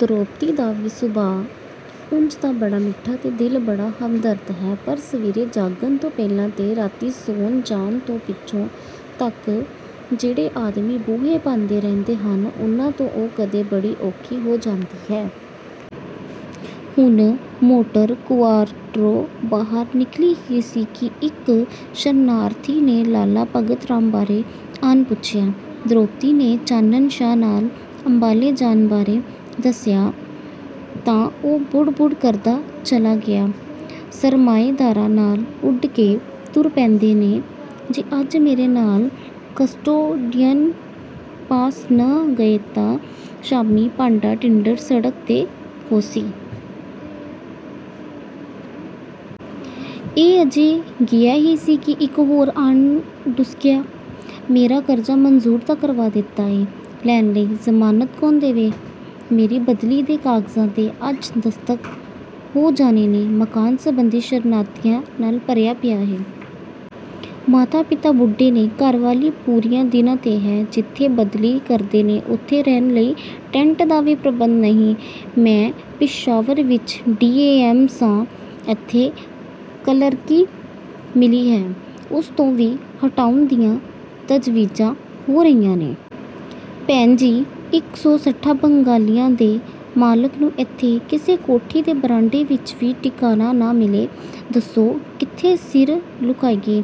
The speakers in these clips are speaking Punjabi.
ਧਰੋਪਤੀ ਦਾ ਵੀ ਸੁਭਾਅ ਉਂਜ ਤਾਂ ਬੜਾ ਮਿੱਠਾ ਤੇ ਦਿਲ ਬੜਾ ਹਮਦਰਦ ਹੈ, ਪਰ ਸਵੇਰੇ ਜਾਗਣ ਤੋਂ ਪਹਿਲਾਂ ਤੇ ਰਾਤੀਂ ਸੌਂ ਜਾਣ ਤੋਂ ਪਿੱਛੋਂ ਤੱਕ ਜਿਹੜੇ ਆਦਮੀ ਬੂਹੇ ਭੰਨਦੇ ਰਹਿੰਦੇ ਹਨ, ਉਨ੍ਹਾਂ ਤੋਂ ਉਹ ਕਦੇ ਬੜੀ ਔਖੀ ਹੋ ਜਾਂਦੀ ਹੈ। ਹੁਣ ਮੋਟਰ ਕੁਆਰਟਰੋਂ ਬਾਹਰ ਨਿਕਲੀ ਹੀ ਸੀ ਕਿ ਇੱਕ ਸ਼ਰਨਾਰਥੀ ਨੇ ਲਾਲਾ ਭਗਤ ਰਾਮ ਬਾਰੇ ਆਣ ਪੁੱਛਿਆ। ਧਰੋਪਤੀ ਨੇ ਚਾਨਣ ਸ਼ਾਹ ਨਾਲ ਅੰਬਾਲੇ ਜਾਣ ਬਾਰੇ ਦੱਸਿਆ ਤਾਂ ਉਹ ਬੁੜ-ਬੁੜ ਕਰਦਾ ਚਲਾ ਗਿਆ। "ਸਰਮਾਏਦਾਰਾਂ ਨਾਲ ਉਡ ਕੇ ਤੁਰ ਪੈਂਦੇ ਨੇ, ਜੇ ਅੱਜ ਮੇਰੇ ਨਾਲ ਕਸਟੋਡੀਅਨ ਪਾਸ ਨਾ ਗਏ ਤਾਂ ਸ਼ਾਮੀਂ ਭਾਂਡਾ-ਟਿੰਡਰ ਸੜਕ 'ਤੇ ਹੋਸੀ।" ਇਹ ਅਜੇ ਗਿਆ ਹੀ ਸੀ ਕਿ ਇੱਕ ਹੋਰ ਆਣ ਡੁਸਕਿਆ। "ਮੇਰਾ ਕਰਜ਼ਾ ਮਨਜ਼ੂਰ ਤਾਂ ਕਰਵਾ ਦਿੱਤਾ ਏ, ਲੈਣ ਲਈ ਜ਼ਮਾਨਤ ਕੌਣ ਦੇਵੇ?" ਮੇਰੀ ਬਦਲੀ ਦੇ ਕਾਗਜ਼ਾਂ 'ਤੇ ਅੱਜ ਦਸਤਖਤ ਹੋ ਜਾਣੇ ਨੇ, ਮਕਾਨ ਸਬੰਧੀ ਸ਼ਰਨਾਰਥੀਆਂ ਨਾਲ ਭਰਿਆ ਪਿਆ ਹੈ। ਮਾਤਾ-ਪਿਤਾ ਬੁੱਢੇ ਨੇ, ਘਰ ਵਾਲੀ ਪੂਰਿਆਂ ਦਿਨਾਂ 'ਤੇ ਹੈ, ਜਿੱਥੇ ਬਦਲੀ ਕਰਦੇ ਨੇ, ਉਥੇ ਰਹਿਣ ਲਈ ਟੈਂਟ ਦਾ ਵੀ ਪ੍ਰਬੰਧ ਨਹੀਂ। "ਮੈਂ ਪਿਸ਼ਾਵਰ ਵਿੱਚ ਡੀ‌ਂਂ. ਏ.ਐਮ. ਸਾਂ, ਇੱਥੇ ਕਲਰਕੀ ਮਿਲੀ ਹੈ, ਉਸ ਤੋਂ ਵੀ ਹਟਾਉਣ ਦੀਆਂ ਤਜਵੀਜ਼ਾਂ ਹੋ ਰਹੀਆਂ ਨੇ।" ਭੈਣ ਜੀ, ਇਕ ਸੌ ਸੱਠਾਂ ਬੰਗਲਿਆਂ ਦੇ ਮਾਲਕ ਨੂੰ ਇੱਥੇ ਕਿਸੇ ਕੋਠੀ ਦੇ ਬਰਾਂਡੇ ਵਿੱਚ ਵੀ ਟਿਕਾਣਾ ਨਾ ਮਿਲੇ, ਦੱਸੋ ਕਿੱਥੇ ਸਿਰ ਲੁਕਾਈਏ?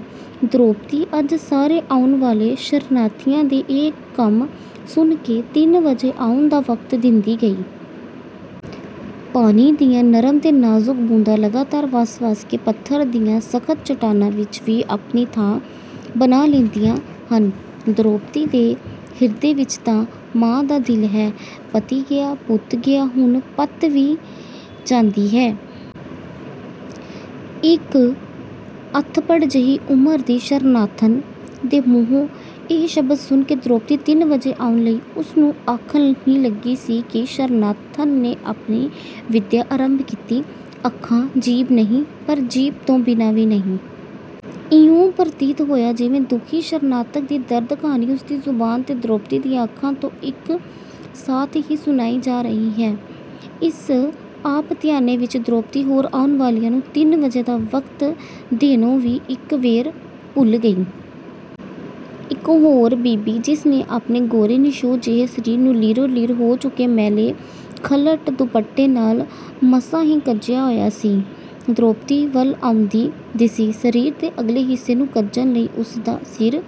ਧਰੋਪਤੀ ਅੱਜ ਸਾਰੇ ਆਉਣ ਵਾਲੇ ਸ਼ਰਨਾਰਥੀਆਂ ਦੇ ਇਹ ਕੰਮ ਸੁਣ ਕੇ ਤਿੰਨ ਵਜੇ ਆਉਣ ਦਾ ਵਕਤ ਦਿੰਦੀ ਗਈ। ਪਾਣੀ ਦੀਆਂ ਨਰਮ ਤੇ ਨਾਜ਼ੁਕ ਬੂੰਦਾਂ ਲਗਾਤਾਰ ਵਸ-ਵਸ ਕੇ ਪੱਥਰ ਦੀਆਂ ਸਖਤ ਚੱਟਾਨਾਂ ਵਿੱਚ ਵੀ ਆਪਣੀ ਥਾਂ ਬਣਾ ਲੈਂਦੀਆਂ ਹਨ। ਧਰੋਪਤੀ ਦੇ ਹਿਰਦੇ ਵਿੱਚ ਤਾਂ ਮਾਂ ਦਾ ਦਿਲ ਹੈ। "ਪਤੀ ਗਿਆ, ਪੁੱਤ ਗਿਆ, ਹੁਣ ਪਤ ਵੀ ਜਾਂਦੀ ਹੈ।" ਇੱਕ ਅੱਧਖੜ੍ਹ ਜਿਹੀ ਉਮਰ ਦੀ ਸ਼ਰਨਾਰਥਣ ਦੇ ਮੂੰਹੋਂ ਇਹ ਸ਼ਬਦ ਸੁਣ ਕੇ ਧਰੋਪਤੀ ਤਿੰਨ ਵਜੇ ਆਉਣ ਲਈ ਉਸ ਨੂੰ ਆਖਣ ਹੀ ਲੱਗੀ ਸੀ ਕਿ ਸ਼ਰਨਾਰਥਣ ਨੇ ਆਪਣੀ ਵਿੱਦਿਆ ਅਰੰਭ ਦਿੱਤੀ। ਅੱਖਾਂ ਜੀਭ ਨਹੀਂ, ਪਰ ਜੀਭ ਤੋਂ ਬਿਨਾਂ ਵੀ ਨਹੀਂ। ਇਉਂ ਪ੍ਰਤੀਤ ਹੋਇਆ ਜਿਵੇਂ ਦੁਖੀ ਸ਼ਰਨਾਰਥਣ ਦੀ ਦਰਦ ਕਹਾਣੀ ਉਸ ਦੀ ਜ਼ੁਬਾਨ ਤੇ ਧਰੋਪਤੀ ਦੀਆਂ ਅੱਖਾਂ ਤੋਂ ਇੱਕ ਸਾਥ ਹੀ ਸੁਣਾਈ ਜਾ ਰਹੀ ਹੈ। ਇਸ ਆਪ ਧਿਆਨੇ ਵਿੱਚ ਧਰੋਪਤੀ ਹੋਰ ਆਉਣ ਵਾਲਿਆਂ ਨੂੰ ਤਿੰਨ ਵਜੇ ਦਾ ਵਕਤ ਦੇਣੋਂ ਵੀ ਇੱਕ ਵੇਰ ਭੁੱਲ ਗਈ। ਇੱਕ ਹੋਰ ਬੀਬੀ ਜਿਸ ਨੇ ਆਪਣੇ ਗੋਰੇ ਨਿਛੋਹ ਜਿਹੇ ਸਰੀਰ ਨੂੰ ਲੀਰੋ-ਲੀਰ ਹੋ ਚੁੱਕੇ ਮੈਲੇ ਖਲੱਟ ਦੁਪੱਟੇ ਨਾਲ ਮਸਾਂ ਹੀ ਕੱਜਿਆ ਹੋਇਆ ਸੀ, ਧਰੋਪਤੀ ਵੱਲ ਆਉਂਦੀ ਦਿਸੀ। ਸਰੀਰ ਦੇ ਅਗਲੇ ਹਿੱਸੇ ਨੂੰ ਕੱਜਣ ਲਈ ਉਸ ਦਾ ਸਿਰ